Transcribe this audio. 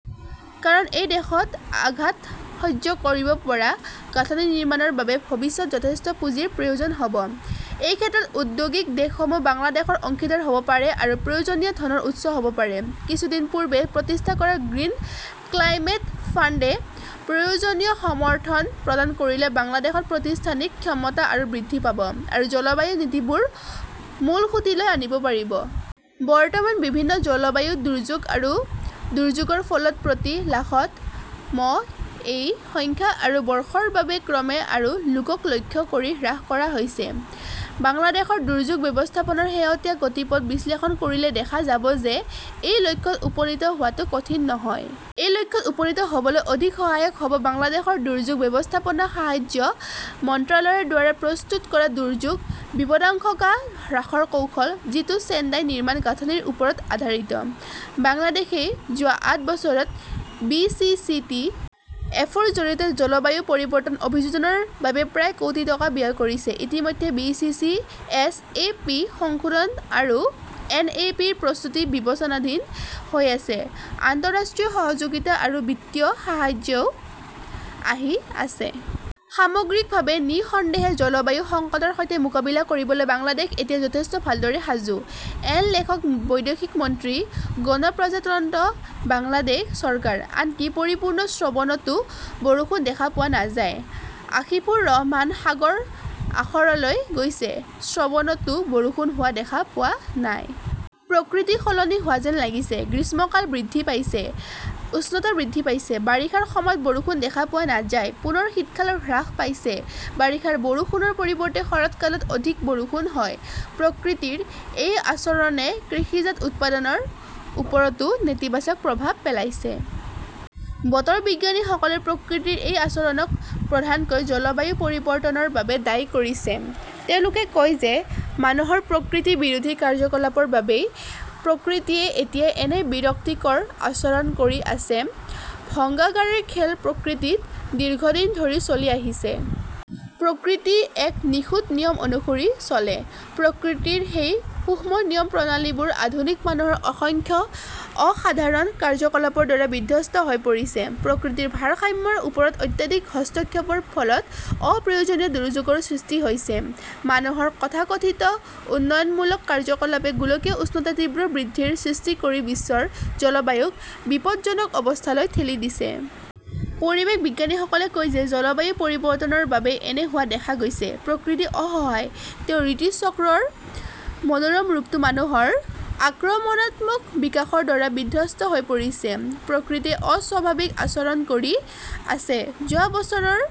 কাৰণ এই দেশত আঘাত সহ্য কৰিব পৰা গাঁথনি নিৰ্মাণৰ বাবে ভৱিষ্যতে যথেষ্ট পুঁজিৰ প্ৰয়োজন হ'ব। এই ক্ষেত্ৰত ঔদ্যোগিক দেশসমূহ বাংলাদেশৰ অংশীদাৰ হ'ব পাৰে আৰু প্ৰয়োজনীয় ধনৰ উৎস হ'ব পাৰে। কিছুদিন পূৰ্বে প্ৰতিষ্ঠা কৰা গ্ৰীণ ক্লাইমেট ফাণ্ডে প্ৰয়োজনীয় সমৰ্থন প্ৰদান কৰিলে বাংলাদেশত প্ৰতিষ্ঠানিক ক্ষমতা আৰু বৃদ্ধি পাব আৰু জলবায়ু নীতিবোৰ মূলসুঁতিলৈ আনিব পাৰিব। বৰ্তমান বিভিন্ন জলবায়ু দুৰ্যোগ আৰু দুৰ্যোগৰ ফলত প্ৰতি লাখত মএই সংখ্যা আৰু বৰ্ষৰ বাবে ক্ৰমে আৰু লোকক লক্ষ্য কৰি হ্ৰাস কৰা হৈছে। বাংলাদেশৰ দুৰ্যোগ ব্যৱস্থাপনাৰ শেহতীয়া গতিপথ বিশ্লেষণ কৰিলে দেখা যাব যে এই লক্ষ্যত উপনীত হোৱাটো কঠিন নহয়। এই লক্ষ্যত উপনীত হ'বলৈ অধিক সহায়ক হ'ব বাংলাদেশৰ দুৰ্যোগ ব্যৱস্থাপনা, সাহায্য মন্ত্ৰালয়ৰ দ্বাৰা প্ৰস্তুত কৰা দুৰ্যোগ বিপদাশংকা হ্ৰাসৰ কৌশল; যিটো ছেণ্ডাই নিৰ্মাণ গাঁথনিৰ ওপৰত আধাৰিত। বাংলাদেশই যোৱা আঠ বছৰত B. C. C. T. F. -ৰ জৰিয়তে জলবায়ু পৰিৱৰ্তন অভিযোজনৰ বাবে প্ৰায় কোটি টকা ব্যয় কৰিছে। ইতিমধ্যে B. C. C. S. A. P. সংশোধন আৰু এন. এ. পি. -ৰ প্ৰস্তুতি বিবেচনাধীন হৈ আছে। আন্তঃৰাষ্ট্ৰীয় সহযোগিতা আৰু বিত্তীয় সাহায্যও আহি আছে। সামগ্ৰিকভাৱে, নিঃসন্দেহে, জলবায়ু সংকটৰ সৈতে মোকাবিলা কৰিবলৈ বাংলাদেশ এতিয়া যথেষ্ট ভালদৰে সাজু। এন লেখকঃ বৈদেশিক মন্ত্ৰী, গণপ্ৰজাতন্ত্ৰ বাংলাদেশ চৰকাৰ। আনকি পৰিপূৰ্ণ শ্ৰবণতো বৰষুণ দেখা পোৱা নাযায়। আসিফুৰ ৰহমান সাগৰ আশৰলৈ গৈছে, শ্ৰবণতো বৰষুণ হোৱা দেখা পোৱা নাই। প্ৰকৃতি সলনি হোৱা যেন লাগিছে। গ্ৰীষ্মকাল বৃদ্ধি পাইছে, উষ্ণতা বৃদ্ধি পাইছে। বাৰিষাৰ সময়ত বৰষুণ দেখা পোৱা নাযায়। পুনৰ শীতকাল হ্ৰাস পাইছে। বাৰিষাৰ বৰষুণৰ পৰিৱৰ্তে শৰৎকালত অধিক বৰষুণ হয়। প্ৰকৃতিৰ এই আচৰণে কৃষিজাত উৎপাদনৰ ওপৰতো নেতিবাচক প্ৰভাৱ পেলাইছে। বতৰ বিজ্ঞানীসকলে প্ৰকৃতিৰ এই আচৰণক প্ৰধানকৈ জলবায়ু পৰিৱৰ্তনৰ বাবে দায়ী কৰিছে। তেওঁলোকে কয় যে মানুহৰ প্ৰকৃতি বিৰোধী কাৰ্যকলাপৰ বাবেই প্ৰকৃতিয়ে এতিয়া এনে বিৰক্তিকৰ আচৰণ কৰি আছে। ভংগাগাৰাৰ খেল প্ৰকৃতিত দীৰ্ঘদিন ধৰি চলি আহিছে। প্ৰকৃতি এক নিখুঁত নিয়ম অনুসৰি চলে। প্ৰকৃতিৰ সেই সূক্ষ্ম নিয়ম প্ৰণালীবোৰ আধুনিক মানুহৰ অসংখ্য অসাধাৰণ কাৰ্যকলাপৰ দ্বাৰা বিধ্বস্ত হৈ পৰিছে। প্ৰকৃতিৰ ভাৰসাম্যৰ ওপৰত অত্যাধিক হস্তক্ষেপৰ ফলত অপ্ৰয়োজনীয় দুৰ্যোগৰ সৃষ্টি হৈছে। মানুহৰ তথাকথিত উন্নয়নমূলক কাৰ্যকলাপে গোলকীয় উষ্ণতাৰ তীব্ৰ বৃদ্ধিৰ সৃষ্টি কৰি বিশ্বৰ জলবায়ুক বিপদজনক অৱস্থালৈ ঠেলি দিছে। পৰিৱেশ বিজ্ঞানীসকলে কয় যে জলবায়ু পৰিৱৰ্তনৰ বাবেই এনে হোৱা দেখা গৈছে। প্ৰকৃতি অসহায়। তেওঁৰ ঋতুচক্ৰৰ মনোৰম ৰূপটো মানুহৰ আক্ৰমণাত্মক বিকাশৰ দ্বাৰা বিধ্বস্ত হৈ পৰিছে। প্ৰকৃতিয়ে অস্বাভাৱিক আচৰণ কৰি আছে। যোৱা বছৰৰ